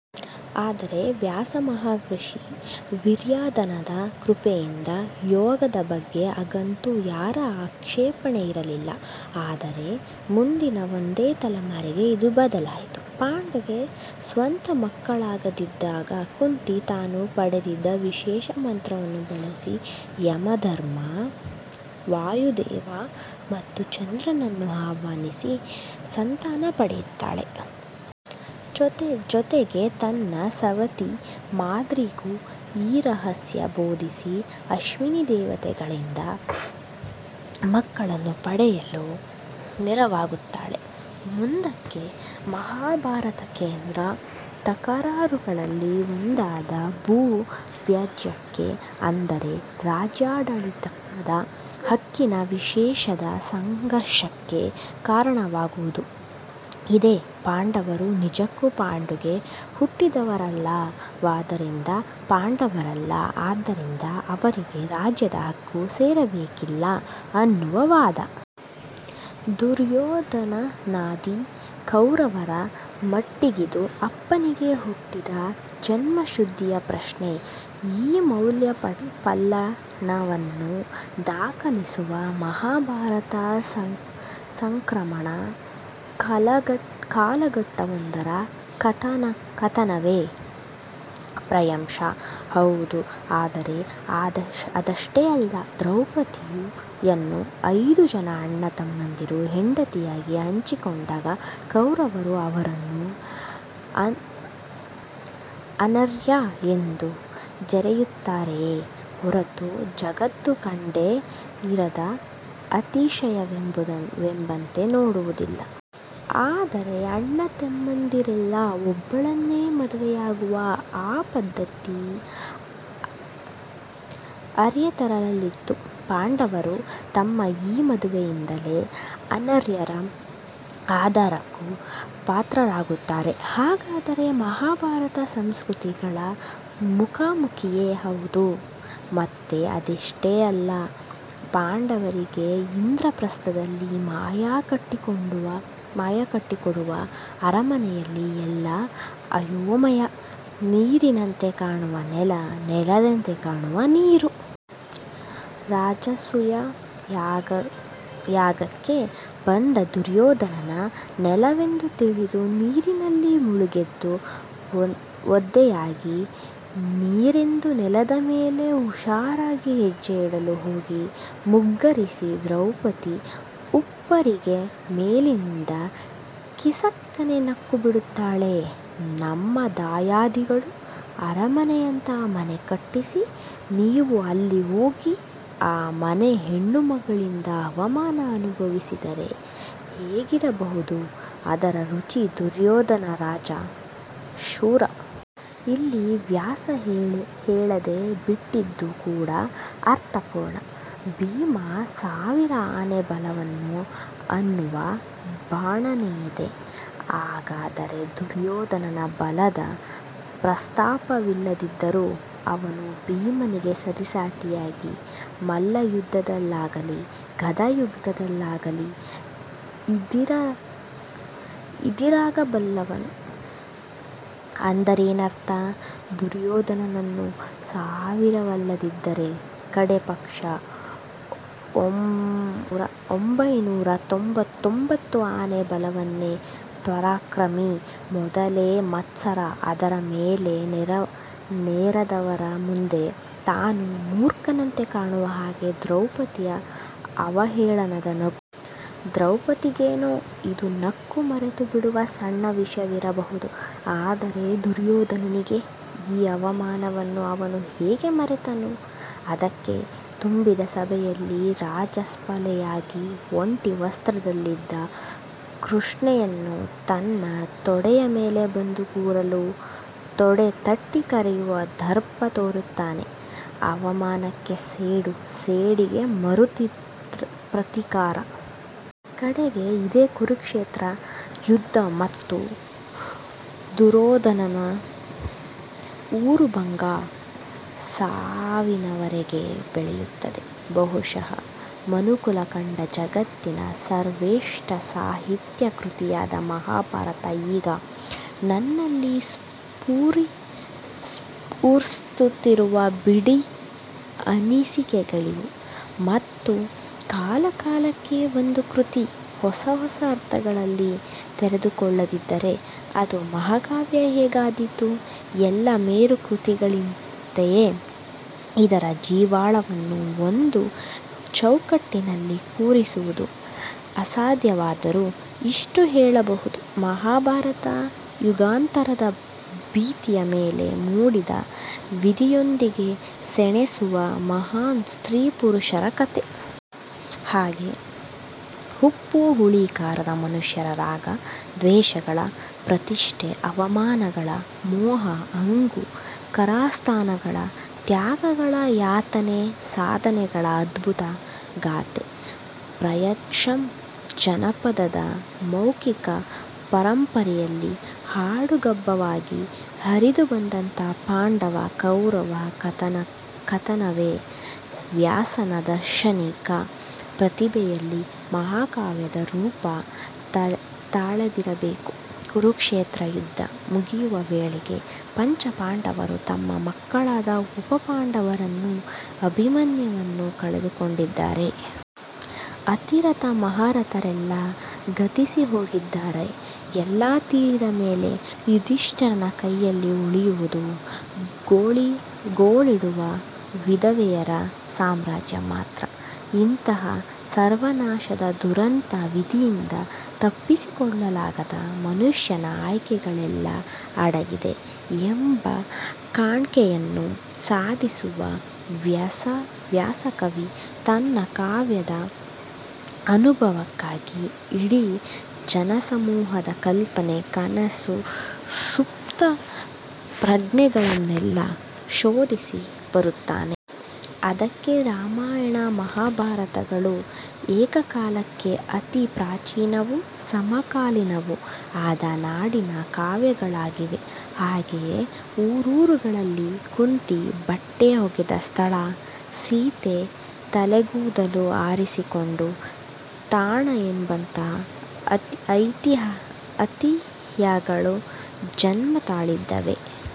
ಅಂದರೆ ವ್ಯಾಸ ಮಹರ್ಷಿಯ ವೀರ್ಯದಾನದ ಕೃಪೆಯಿಂದ. ನಿಯೋಗದ ಬಗ್ಗೆ ಆಗಂತೂ ಯಾರ ಆಕ್ಷೇಪಣೆ ಇರಲಿಲ್ಲ. ಆದರೆ, ಮುಂದಿನ ಒಂದೇ ತಲೆಮಾರಿಗೆ ಇದು ಬದಲಾಯಿತು. ಪಾಂಡುಗೆ ಸ್ವತಃ ಮಕ್ಕಳಾಗದಿದ್ದಾಗ ಕುಂತಿ ತಾನು ಪಡೆದಿದ್ದ ವಿಶೇಷ ಮಂತ್ರವನ್ನು ಬಳಸಿ ಯಮಧರ್ಮ, ವಾಯುದೇವ ಮತ್ತು ಇಂದ್ರರನ್ನು ಆಹ್ವಾನಿಸಿ ಸಂತಾನ ಪಡೆಯುತ್ತಾಳೆ. ಜೊತೆಗೆ ತನ್ನ ಸವತಿ ಮಾದ್ರಿಗೂ ಆ ರಹಸ್ಯ ಬೋಧಿಸಿ ಅಶ್ವಿನಿ ದೇವತೆಗಳಿಂದ ಮಕ್ಕಳನ್ನು ಪಡೆಯಲು ನೆರವಾಗುತ್ತಾಳೆ. ಮುಂದಕ್ಕೆ ಮಹಾಭಾರತದ ಕೇಂದ್ರ ತಕರಾರುಗಳಲ್ಲಿ ಒಂದಾದ ಭೂ ವ್ಯಾಜ್ಯಕ್ಕೆ- ಅಂದರೆ ರಾಜ್ಯಾಡಳಿತದ ಹಕ್ಕಿನ ವಿಷಯದ ಸಂಘರ್ಷಕ್ಕೆ ಕಾರಣವಾಗುವುದು ಇದೇ- ಪಾಂಡವರು ನಿಜಕ್ಕೂ ಪಾಂಡುಗೆ ಹುಟ್ಟಿದವರಲ್ಲವಾದ್ದರಿಂದ ಪಾಂಡವರಲ್ಲ. ಆದ್ದರಿಂದ ಅವರಿಗೆ ರಾಜ್ಯದ ಹಕ್ಕು ಸೇರಬೇಕಿಲ್ಲ ಅನ್ನುವ ವಾದ. ದುರ್ಯೊಧನಾದಿ ಕೌರವರ ಮಟ್ಟಿಗಿದು ಅಪ್ಪನಿಗೆ ಹುಟ್ಟಿದ ಜನ್ಮಶುದ್ಧಿಯ ಪ್ರಶ್ನೆ. ಈ ಮೌಲ್ಯಪಲ್ಲಟವನ್ನು ದಾಖಲಿಸುವ ಮಹಾಭಾರತ- ಸಂಕ್ರಮಣ ಕಾಲಘಟ್ಟವೊಂದರ ಕಥಾನಕವೇ? ಪ್ರಾಯಶಃ ಹೌದು ಆದರೆ ಅದಷ್ಟೇ ಅಲ್ಲ. ದ್ರೌಪದಿ ಯನ್ನು ಐದೂ ಜನ ಅಣ್ಣ ತಮ್ಮಂದಿರು ಹೆಂಡತಿಯಾಗಿ ಹಂಚಿಕೊಂಡಾಗ ಕೌರವರು ಅವರನ್ನು ಅನಾರ್ಯ ಎಂದು ಜರೆಯುತ್ತಾರೆಯೇ ಹೊರತು, ಜಗತ್ತು ಕಂಡೇ ಇರದ ಅತಿಶಯವೆಂಬಂತೆ ನೋಡುವುದಿಲ್ಲ. ಅಂದರೆ ಅಣ್ಣತಮ್ಮಂದಿರೆಲ್ಲ ಒಬ್ಬಳನ್ನೇ ಮದುವೆಯಾಗುವ ಆ ಪದ್ಧತಿ ಆರ್ಯೇತರರಲ್ಲಿತ್ತು. ಪಾಂಡವರು ತಮ್ಮ ಈ ಮದುವೆಯಿಂದಲೇ ಅನಾರ್ಯರ ಆದರಕ್ಕೂ ಪಾತ್ರರಾಗುತ್ತಾರೆ. ಹಾಗಾದರೆ ಮಹಾಭಾರತ- ಸಂಸ್ಕೃತಿಗಳ ಮುಖಾಮುಖಿಯೇ? ಹೌದು ಮತ್ತೆ ಅದಷ್ಟೇ ಅಲ್ಲ ಪಾಂಡವರಿಗೆ ಇಂದ್ರಪ್ರಸ್ಥದಲ್ಲಿ ಮಯ ಕಟ್ಟಿಕೊಡುವ ಅರಮನೆಯಲ್ಲಿ ಎಲ್ಲ ಅಯೋಮಯ. ನೀರಿನಂತೆ ಕಾಣುವ ನೆಲ, ನೆಲದಂತೆ ಕಾಣುವ ನೀರು. ರಾಜಸೂಯ ಯಾಗಕ್ಕೆ ಬಂದ ದುರ್ಯೋಧನನ ನೆಲವೆಂದು ತಿಳಿದು ನೀರಿನಲ್ಲಿ ಮುಳುಗೆದ್ದು ಒದ್ದೆಯಾಗಿ ನೀರೆಂದು ನೆಲದ ಮೇಲೆ ಹುಷಾರಾಗಿ ಹೆಜ್ಜೆಯಿಡಲು ಹೋಗಿ ಮುಗ್ಗರಿಸಿ ದ್ರೌಪದಿ ಉಪ್ಪರಿಗೆ ಮೇಲಿನಿಂದ ಕಿಸಕ್ಕನೆ ನಕ್ಕುಬಿಡುತ್ತಾಳೆ. ನಿಮ್ಮ ದಾಯಾದಿಗಳು ಅರಮನೆಯಂಥ ಮನೆ ಕಟ್ಟಿಸಿ, ನೀವು ಅಲ್ಲಿ ಹೋಗಿ ಆ ಮನೆ ಹೆಣ್ಣುಮಕ್ಕಳಿಂದ ಅವಮಾನ ಅನುಭವಿಸಿದರೆ ಹೇಗಿರಬಹುದು ಅದರ ರುಚಿ ದುರ್ಯೋಧನ ರಾಜ, ಶೂರ. ಇಲ್ಲಿ ವ್ಯಾಸ ಹೇಳದೇ ಬಿಟ್ಟಿದ್ದು ಕೂಡಾ ಅರ್ಥಪೂರ್ಣ. ಭೀಮ ಸಾವಿರ ಆನೆ ಬಲದವನು ಅನ್ನುವ ಬಣ್ಣನೆಯಿದೆ. ಹಾಗಾದರೆ ದುರ್ಯೋಧನನ ಬಲದ ಪ್ರಸ್ತಾಪವಿಲ್ಲದಿದ್ದರೂ- ಇವನು ಭೀಮನಿಗೆ ಸರಿಸಾಟಿಯಾಗಿ ಮಲ್ಲಯುದ್ಧದಲ್ಲಾಗಲೀ ಗಧಾಯುದ್ಧದಲ್ಲಾಗಲೀ ಇದಿರಾಗಬಲ್ಲವನು. ಅಂದರೇನರ್ಥ? ದುರ್ಯೋಧನನೂ ಸಾವಿರವಲ್ಲದಿದ್ದರೆ ಕಡೇ ಪಕ್ಷ ಒಂಭೈನೂರ ತೊಂಭತ್ತೊಂಭತ್ತು ಆನೆ ಬಲದವನೇ ಪರಾಕ್ರಮಿ. ಮೊದಲೇ ಮತ್ಸರ ಅದರ ಮೇಲೆ ನೆರೆದವರ ಮುಂದೆ ತಾನು ಮೂರ್ಖನಂತೆ ಕಾಣುವ ಹಾಗೆ ದ್ರೌಪದಿಯ ಅವಹೇಳನದ ನಗು. ದ್ರೌಪದಿಗೇನೋ ಇದು ನಕ್ಕು ಮರೆತುಬಿಡುವ ಸಣ್ಣ ವಿಷಯವಿರಬಹುದು. ಆದರೆ ದುರ್ಯೋಧನನಿಗೆ? ಈ ಅವಮಾನವನ್ನು ಅವನು ಹೇಗೆ ಮರೆತಾನು? ಅದಕ್ಕೇ ತುಂಬಿದ ಸಭೆಯಲ್ಲಿ ರಜಸ್ವಲೆಯಾಗಿ ಒಂಟಿ ವಸ್ತ್ರದಲ್ಲಿದ್ದ ಕೃಷ್ಣೆಯನ್ನು ತನ್ನ ತೊಡೆಯ ಮೇಲೆ ಬಂದು ಕೂರಲು ತೊಡೆ ತಟ್ಟಿ ಕರೆಯುವ ದರ್ಪ ತೋರುತ್ತಾನೆ. ಅವಮಾನಕ್ಕೆ ಸೇಡು, ಸೇಡಿಗೆ ಮರು ಪ್ರತೀಕಾರ. ಕಡೆಗೆ ಇದೇ ಕುರುಕ್ಷೇತ್ರ ಯುದ್ಧ ಮತ್ತು ದುರೋಧನನ ಊರುಭಂಗ- ಸಾವಿನವರೆಗೆ ಬೆಳೆಯುತ್ತದೆ. ಬಹುಶಃ ಮನುಕುಲ ಕಂಡ ಜಗತ್ತಿನ ಸರ್ವಶ್ರೇಷ್ಠ ಸಾಹಿತ್ಯಕೃತಿಯಾದ ಮಹಾಭಾರತ ಈಗ ನನ್ನಲ್ಲಿ ಸ್ಫುರಿಸುತ್ತಿರುವ ಬಿಡಿ ಅನಿಸಿಕೆಗಳಿವು. ಮತ್ತು ಕಾಲಕಾಲಕ್ಕೆ ಒಂದು ಕೃತಿ ಹೊಸ ಹೊಸ ಅರ್ಥಗಳಲ್ಲಿ ತೆರೆದುಕೊಳ್ಳದಿದ್ದರೆ ಅದು ಮಹಾಕಾವ್ಯ ಹೇಗಾದೀತು? ಎಲ್ಲ ಮೇರು ಕೃತಿಗಳಂತೆಯೇ, ಇದರ ಜೀವಾಳವನ್ನು ಒಂದು ಚೌಕಟ್ಟಿನಲ್ಲಿ ಕೂರಿಸುವುದು ಅಸಾಧ್ಯವಾದರೂ ಇಷ್ಟು ಹೇಳಬಹುದು: ಮಹಾಭಾರತ- ಯುಗಾಂತರದ ಭಿತ್ತಿಯ ಮೇಲೆ ಮೂಡಿದ- ವಿಧಿಯೊಂದಿಗೆ ಸೆಣೆಸುವ ಮಹಾನ್ ಸ್ತ್ರೀ ಪುರುಷರ ಕಥೆ. ಹಾಗೇ- ಉಪ್ಪು ಹುಳಿ ಖಾರದ ಮನುಷ್ಯರ ರಾಗ ದ್ವೇಷಗಳ, ಪ್ರತಿಷ್ಠೆ- ಅವಮಾನಗಳ, ಮೋಹ ಹಂಗು ಕಾರಸ್ಥಾನಗಳ, ತ್ಯಾಗಗಳ, ಯಾತನೆ- ಸಾಧನೆಗಳ ಅದ್ಭುತ ಗಾಥೆ. ಪ್ರಾಯಶಃ ಜಾನಪದದ ಮೌಖಿಕ ಪರಂಪರೆಯಲ್ಲಿ ಹಾಡುಗಬ್ಬವಾಗಿ ಹರಿದುಬಂದ ಪಾಂಡವ, ಕೌರವರ ಕಥಾನಕವೇ ವ್ಯಾಸನ ದಾರ್ಶನಿಕ ಪ್ರತಿಭೆಯಲ್ಲಿ ಮಹಾಕಾವ್ಯದ ರೂಪ ತಳೆದಿರಬೇಕು. ಕುರುಕ್ಷೇತ್ರ ಯುದ್ಧ ಮುಗಿಯುವ ವೇಳೆಗೆ ಪಂಚಪಾಂಡವರು ತಮ್ಮ ಮಕ್ಕಳಾದ ಉಪಪಾಂಡವರನ್ನು, ಅಭಿಮನ್ಯುವನ್ನು ಕಳೆದುಕೊಂಡಿದ್ದಾರೆ. ಅತಿರಥ ಮಹಾರಥರೆಲ್ಲ ಗತಿಸಿಹೋಗಿದ್ದಾರೆ ಎಲ್ಲ ತೀರಿದ ಮೇಲೆ ಯುಧಿಷ್ಠಿರನ ಕೈಯಲ್ಲಿ ಉಳಿಯುವುದು ಗೋಳಿಡುವ ವಿಧವೆಯರ ಸಾಮ್ರಾಜ್ಯ ಮಾತ್ರ. ಇಂಥ ಸರ್ವನಾಶದ ದುರಂತ- 'ವಿಧಿಯಿಂದ ತಪ್ಪಿಸಿಕೊಳ್ಳಲಾಗದ ಮನುಷ್ಯನ ಆಯ್ಕೆಗಳಲ್ಲೇ ಅಡಗಿದೆ' ಎಂಬ ಕಾಣ್ಕೆಯನ್ನು ಸಾಧಿಸುವ ವ್ಯಾಸಕವಿ- ತನ್ನ ಕಾವ್ಯದ ಅನುಭವಕ್ಕಾಗಿ ಇಡೀ ಜನಸಮೂಹದ ಕಲ್ಪನೆ, ಕನಸು, ಸುಪ್ತಪ್ರಜ್ಞೆಗಳನ್ನೆಲ್ಲ ಶೋಧಿಸಿ ಬರುತ್ತಾನೆ. ಅದಕ್ಕೇ ರಾಮಾಯಣ ಮಹಾಭಾರತಗಳು ಏಕಕಾಲಕ್ಕೆ ಅತಿ ಪ್ರಾಚೀನವೂ ಸಮಕಾಲೀನವೂ ಆದ ನಾಡಿನ ಕಾವ್ಯಗಳಾಗಿವೆ; ಹಾಗೆಯೇ ಊರೂರುಗಳಲ್ಲಿ ಕುಂತಿ ಬಟ್ಟೆ ಒಗೆದ ಸ್ಥಳ, ಸೀತೆ ತಲೆಗೂದಲು ಆರಿಸಿಕೊಂಡ ತಾಣ ಎಂಬಂಥ ಐತಿಹ್ಯಗಳು ಜನ್ಮ ತಳೆದಿವೆ.